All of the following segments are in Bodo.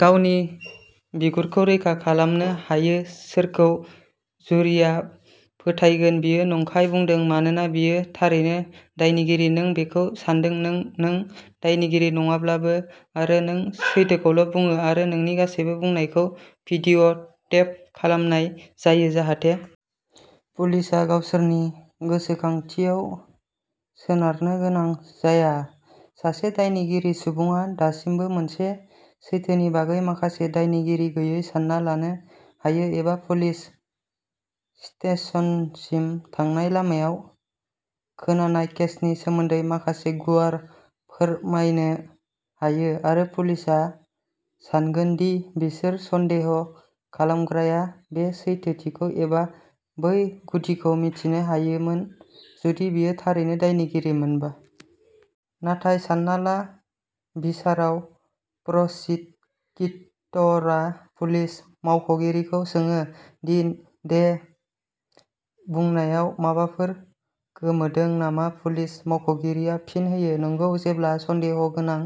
गावनि बिगुरखौ रैखा खालामनो हायो? सोरखौ जुरीआ फोथायगोन बियो नंखाय बुंदों मानोना बियो थारैनो दायनिगिरि? नों बेखौ सान्दों। नों! नों दायनिगिरि नङाब्लाबो, आरो नों सैथोखौल'बुङो, आरो नोंनि गासै बुंनायखौ भिडिअ'टेप खालामनाय जायो जाहाथे पुलिसआ गावसोरनि गोसोखांथियाव सोनारनो गोनां जाया, सासे दायनिगिरि सुबुङा दासिमबो मोनसे सैथोनि बागै माखासे दायनिगिरि गैयै सान्ना लानो हायो एबा पुलिस स्टेशनसिम थांनाय लामायाव खोनानाय केसनि सोमोन्दै माखासे गुवार फोरमायनो हायो, आरो पुलिसआ सान्गोन दि बिसोर सन्देह खालामग्राया बे सैथोथिखौ एबा बै गुदिखौ मिथिनो हायोमोन जुदि बियो थारैनो दायनिगिरिमोन। नाथाय सान्ना ला। बिसाराव, प्रसिकिउटरआ पुलिस मावख'गिरिखौ सोङो दि बे बुंनायाव माबाफोर गोमोदों नामा। पुलिस मावख'गिरिआ फिन होयो "नंगौ, जेब्ला सन्देह'गोनां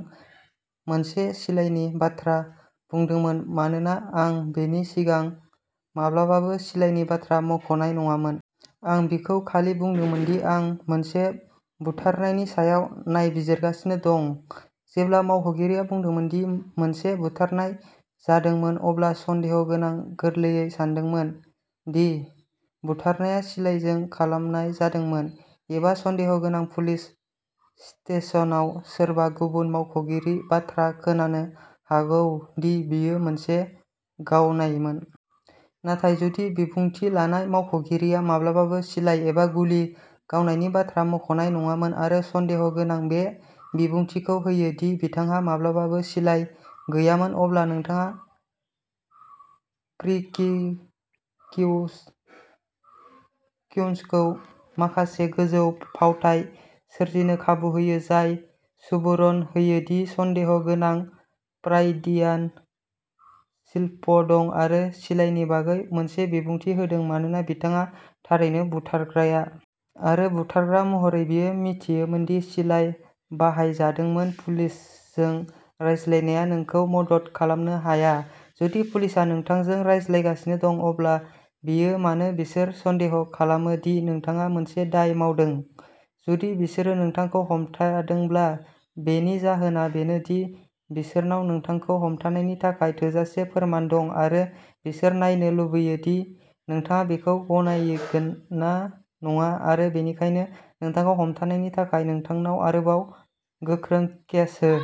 मोनसे सिलाइनि बाथ्रा बुंदोंमोन, मानोना आं बेनि सिगां माब्लाबाबो सिलाइनि बाथ्रा मुंख'नाय नङामोन। आं बिखौ खालि बुंदोंमोन दि आं मोनसे बुथारनायनि सायाव नायबिजिरगासिनो दंमोन।" जेब्ला मावख'गिरिआ बुंदोंमोन दि मोनसे बुथारनाय जादोंमोन, अब्ला सन्देह'गोनांआ गोरलैयै सानदोंमोन दि बुथारनायआ सिलाजों खालामनाय जादोंमोन। एबा सन्देह'गोनांआ पुलिस स्टेशनाव सोरबा गुबुन मावख'गिरिनि बाथ्रा खोनानो हागौ दि बेयो मोनसे गावनायमोन। नाथाय जुदि बिबुंथि लानाय मावख'गिरिआ माब्लाबाबो सिलाइ एबा गुलि गावनायनि बाथ्रा मुंख'नाय नङामोन, आरो सन्देह'गोनांआ बे बिबुंथिखौ होयो दि बिथांहा माब्लाबाबो सिलाइ गैयामोन, अब्ला नोंथाङा प्रिकिकिउसनखौ माखासे गोजौ फावथाय सोरजिनो खाबु होयो, जाय सुबुरुन होयो दि सन्देह'गोनांहा फ्रायडियान स्लिप दं, आरो सिलाइनि बागै मोनसे बिबुंथि होदों मानोना बिथाङा थारैनो, बुथारग्राया। आरो बुथारग्रा महरै, बियो मिथियोमोन दि सिलाइ बाहायजादोंमोन। पुलिसजों रायज्लायनाया नोंखौ मदद खालामनो हाया। जुदि पुलिसआ नोंथांजों रायज्लायगासिनो दं, अब्ला बेयो मानोना बिसोर सन्देह खालामो दि नोंथाङा मोनसे दाय मावदों। जुदि बिसोरो नोंथांखौ हमथादोंब्ला, बेनि जाहोना बेनो दि बिसोरनाव नोंथांखौ हमथानायनि थाखाय थोजासे फोरमान दं आरो बिसोरो नायनो लुबैयो दि नोंथाङा बेखौ गनायगोन ना नङा आरो बेनिखायनो, नोंथांखौ हमथानायनि थाखाय नोंथांनाव आरोबाव गोख्रों केस हो।